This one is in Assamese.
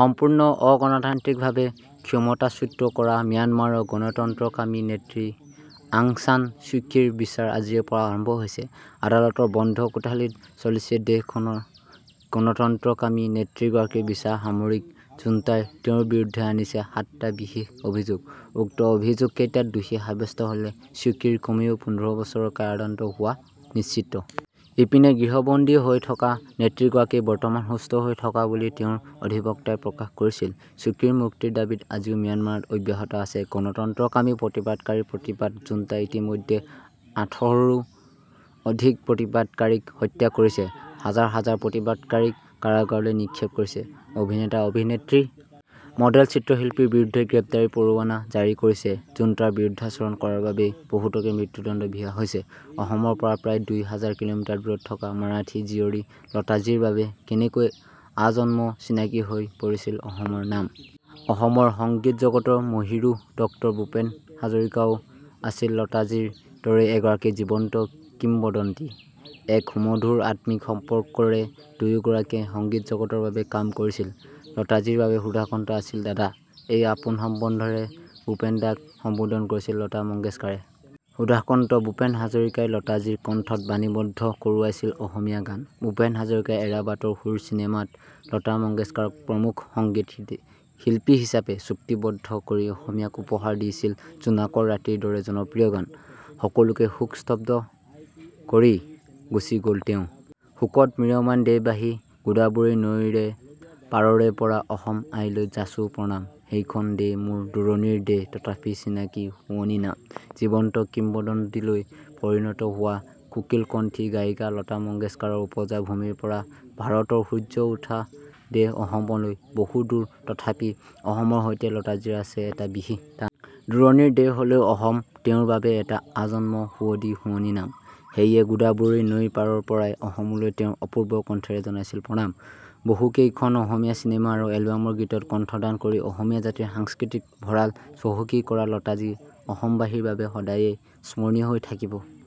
সম্পূৰ্ণ অগণতান্ত্ৰিক ভাবে ক্ষমতাচ্যুত কৰা ম্যানমাৰৰ গণতন্ত্ৰকামী নেত্ৰী আং চান চ্যুকীৰ বিচাৰ আজিৰে পৰা আৰম্ভ হৈছে। আদালতৰ বন্ধ কোঠালীত চলিছে দেশ খনৰ গণতন্ত্ৰকামী নেত্ৰীগৰাকীৰ বিচাৰ সামৰিক জুণ্টাই তেওঁৰ বিৰুদ্ধে আনিছে সাতটা বিশেষ অভিযোগ। উক্ত অভিযোগ কেইটাত দোষী সাৱস্ত্য হলে চ্যুকীৰ কমেও পোন্ধৰ বছৰৰ কাৰাদণ্ড হোৱা নিশ্চিত। ইপিনে গৃহবন্দী হৈ থকা নেত্ৰীগৰাকী বৰ্তমান সুস্থ হৈ থকা বুলি তেওঁৰ অধিবক্তাই প্ৰকাশ কৰিছিল। চ্যুকীৰ মুক্তিৰ দাবীত আজিও ম্যানমাৰত অব্যাহত আছে গণতন্ত্ৰকামী প্ৰতিবাদকাৰীৰ প্ৰতিবাদ জুণ্টাই ইতিমধ্যে আঠশৰো অধিক প্ৰতিবাদকাৰীক হত্যা কৰিছে। হাজাৰ হাজাৰ প্ৰতিবাদকাৰীক কাৰাগাৰলৈ নিক্ষেপ কৰিছে। অভিনেতা-অভিনেত্ৰী মডেল চিত্ৰ শিল্পীৰ বিৰুদ্ধে গ্ৰেপ্তাৰী পৰোৱানা জাৰি কৰিছে। জুণ্টাৰ বিৰুদ্ধাচৰণ কৰাৰ বাবেই বহুতকে মৃত্যুদণ্ড বিহা হৈছে । অসমৰ পৰা প্ৰায় দুই হাজাৰ কিলোমিটাৰ দূৰত থকা মাৰাঠী জীয়ৰী লতাজীৰ বাবে কেনেকৈ আজন্ম চিনাকী হৈ পৰিছিল অসমৰ নাম? অসমৰ সংগীত জগতৰ মহীৰূহ ডক্টৰ ভূপেন হাজৰিকাও আছিল লতাজীৰ দৰেই এগৰাকী জীৱন্ত কিম্বদন্তী। এক সুমধুৰ আত্মিক সম্পৰ্কৰে দুয়ো গৰাকীয়ে সংগীত জগতৰ বাবে কাম কৰিছিল। লতাজীৰ বাবে সুধাকণ্ঠ আছিল দাদা। এই আপোন সম্বন্ধৰেই ভূপেন দাক সম্বোধন কৰিছিল লতা মংগেশকাৰে। সুধাকণ্ঠ ভূপেন হাজাৰিকাই লতাজীৰ কণ্ঠত বাণীবদ্ধ কৰোৱাইছিল অসমীয়া গান। ভূপেন হাজাৰিকাই এৰা বাটৰ সুৰ চিনেমাত লতা মংগেশকাৰক প্ৰমূখ সংগীত শিল্পী হিচাপে চুক্তিবদ্ধ কৰি অসমীয়াক উপহাৰ দিছিল জোনাকৰে ৰাতিৰ দৰে জনপ্ৰিয় গান। সকলোকে শোকস্তব্দ্ধ কৰি গুচি গল তেওঁ। শোকত ম্ৰিয়মান দেশবাসী। গোদাবৰী নৈৰে পাৰৰে পৰা অসম আইলৈ যাচোঁ প্ৰণাম। সেইখন দেশ মোৰ দূৰণিৰ দেশ তথাপি চিনাকি শুৱনি নাম। জীৱন্ত কিম্বদন্তীলৈ পৰিণত হোৱা কোকিল কণ্ঠী গায়িকা লতা মংগেশকাৰৰ ওপজা ভূমিৰ পৰা ভাৰতৰ সূৰ্য উঠা দেশ অসমলৈ বহু দূৰ তথাপি অসমৰ সৈতে লতাজীৰ আছিল এটা বিশেষ টান। দূৰণিৰ দেশ হলেও অসম তেওঁৰ বাবে এটা আজন্ম সুৱদী শুৱনি নাম। সেয়ে গোদাবৰী নৈৰ পাৰৰ পৰাই অসমলৈ তেওঁৰ অপূৰ্ব কণ্ঠেৰে জনাইছিল প্ৰণাম। বহু কেইখন অসমীয়া চিনেমা আৰু এলবামৰ গীতত কণ্ঠদান কৰি অসমীয়া জাতিৰ সাংস্কৃতিক ভঁড়াল চহকী কৰা লতাজী অসমবাসীৰ বাবে সদায়ে স্মৰণীয় হৈ থাকিব।